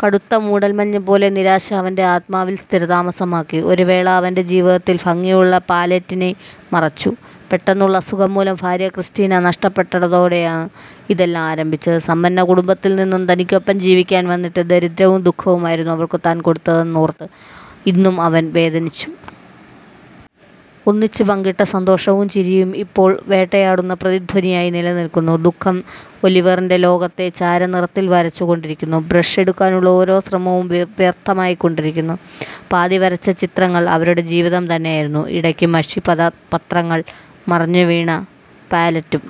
കടുത്ത മൂടൽമഞ്ഞ് പോലെ നിരാശ അവന്റെ ആത്മാവിൽ സ്ഥിരതാമസമാക്കി, ഒരു വേള അവന്റെ ജീവിതത്തിന്റെ ഭംഗിയുള്ള പാലറ്റിനെ മറച്ചു. പെട്ടെന്നുള്ള അസുഖം മൂലം ഭാര്യ ക്രിസ്റ്റീനാ നഷ്ടപ്പെട്ടതോടെയാണ് ഇതെല്ലാം ആരംഭിച്ചത്. സമ്പന്ന കുടുംബത്തിൽ നിന്നും തനിക്കൊപ്പം ജീവിക്കാൻ വന്നിട്ട് ദാരിദ്രവും ദുഖവുമായിരുന്നു അവൾക്കു താൻ കൊടുത്തതു എന്നോർത്ത് എന്നും അവൻ വേദനിച്ചു. ഒന്നിച്ചു പങ്കിട്ട സന്തോഷവും ചിരിയും ഇപ്പോൾ ഒരു വേട്ടയാടുന്ന പ്രതിധ്വനിയായി നിലനിൽക്കുന്നു. ദുഃഖം ഒലിവറിന്റെ ലോകത്തെ ചാരനിറത്തിൽ വരച്ചു കൊണ്ടിരുന്നു. ബ്രഷ് എടുക്കാനുള്ള ഓരോ ശ്രമവും വ്യർഥമായി കൊണ്ടിരുന്നു. പാതി വരച്ച ചിത്രങ്ങൾ അവരുടെ ജീവിതം തന്നെയായിരുന്നു. ഇടയ്ക്ക് മഷി പത്രങ്ങൾ മറിഞ്ഞു വീണ പാലെറ്റും.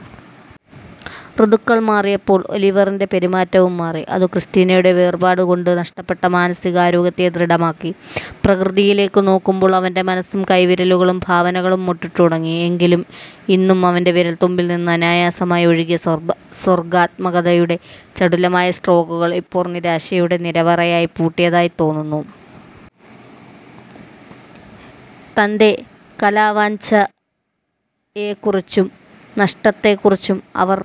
ഋതുക്കൾ മാറിയപ്പോൾ ഒലിവറിന്റെ പെരുമാറ്റവും മാറി. അതു ക്രിസ്റ്റീനയുടെ വേർപാടു കൊണ്ടു നഷ്ടപ്പെട്ട മാനസിക ആരോഗ്യത്തെ ദൃഢമാക്കി. പ്രകൃതിയിലേക്ക് നോക്കുമ്പോൾ അവന്റെ മനസ്സിലും കൈവിരലുകളിലും ഭാവനകൾ മൊട്ടിട്ടു തുടങ്ങി. എങ്കിലും എന്നും അവന്റെ വിരൽത്തുമ്പിൽ നിന്ന് അനായാസമായി ഒഴുകിയ സർഗാത്മകതയുടെ ചടുലമായ സ്ട്രോക്കുകൾ ഇപ്പോൾ നിരാശയുടെ നിലവറയിൽ പൂട്ടിയതായി തോന്നുന്നു. തന്റെ കലാവാഞ്ഛയെക്കുറിച്ചും നഷ്ടത്തെക്കുറിച്ചും അവൻ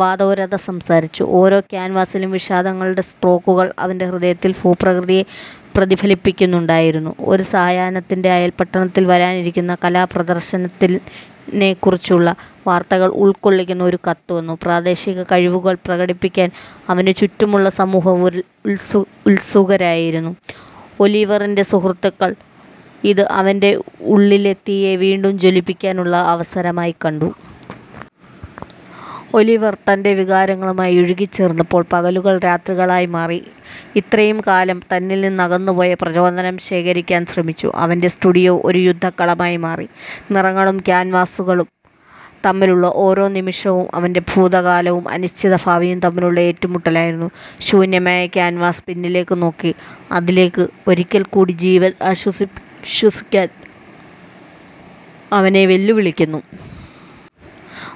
വാതോരാതെ സംസാരിച്ചു. ഓരോ ക്യാൻവാസിലും വിഷാദത്തിന്റെ സ്ട്രോക്കുകൾ അവന്റെ ഹൃദയത്തിന്റെ ഭൂപ്രകൃതിയെ പ്രതിഫലിപ്പിക്കുന്നുണ്ടായിരുന്നു. ഒരു സായാഹ്നത്തിൽ, അയൽപട്ടണത്തിൽ വരാനിരിക്കുന്ന കലാപ്രദർശനത്തെക്കുറിച്ചുള്ള വാർത്തകൾ ഉൾക്കൊള്ളുന്ന ഒരു കത്ത് വന്നു. പ്രാദേശിക കഴിവുകൾ പ്രകടിപ്പിക്കാൻ അവനു ചുറ്റുമുള്ള സമൂഹം ഉത്സുകരായിരുന്നു, ഒലിവറിന്റെ സുഹൃത്തുക്കൾ ഇത് അവന്റെ ഉള്ളിലെ തീയെ വീണ്ടും ജ്വലിപ്പിക്കാനുള്ള അവസരമായി കണ്ടു. ഒലിവർ തന്റെ വികാരങ്ങളുമായി ഇഴുകിച്ചേർന്നപ്പോൾ പകലുകൾ രാത്രികളായി മാറി, ഇത്രയും കാലം തന്നിൽ നിന്ന് അകന്നുപോയ പ്രചോദനം ശേഖരിക്കാൻ ശ്രമിച്ചു. അവന്റെ സ്റ്റുഡിയോ ഒരു യുദ്ധക്കളമായി മാറി. നിറങ്ങളും ക്യാൻവാസ്സും തമ്മിലുള്ള ഓരോ നിമിഷവും അവന്റെ ഭൂതകാലവും അനിശ്ചിത ഭാവിയും തമ്മിലുള്ള ഏറ്റുമുട്ടലായിരുന്നു. ശൂന്യമായ ക്യാൻവാസ് പിന്നിലേക്ക് നോക്കി, അതിലേക്ക് ഒരിക്കൽ കൂടി ജീവൻ ശ്വസിക്കാൻ അവനെ വെല്ലുവിളിച്ചു.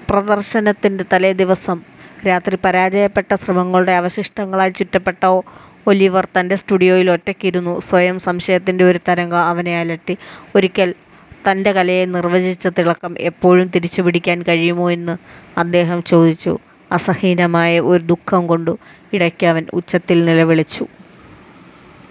പ്രദർശനത്തിന്റെ തലേദിവസം രാത്രി, പരാജയപ്പെട്ട ശ്രമങ്ങളുടെ അവശിഷ്ടങ്ങളാൽ ചുറ്റപ്പെട്ട ഒലിവർ തന്റെ സ്റ്റുഡിയോയിൽ ഒറ്റയ്ക്ക് ഇരുന്നു. സ്വയം സംശയത്തിന്റെ ഒരു തരംഗം അവനെ അലട്ടി, ഒരിക്കൽ തന്റെ കലയെ നിർവചിച്ച തിളക്കം എപ്പോഴെങ്കിലും തിരിച്ചുപിടിക്കാൻ കഴിയുമോ എന്ന് അദ്ദേഹം സ്വയംചോദിച്ചു. അസഹനീയമായ ദുഃഖം കൊണ്ടു ഇടയ്ക്കു അവൻ ഉച്ചത്തിൽ നിലവിളിച്ചു.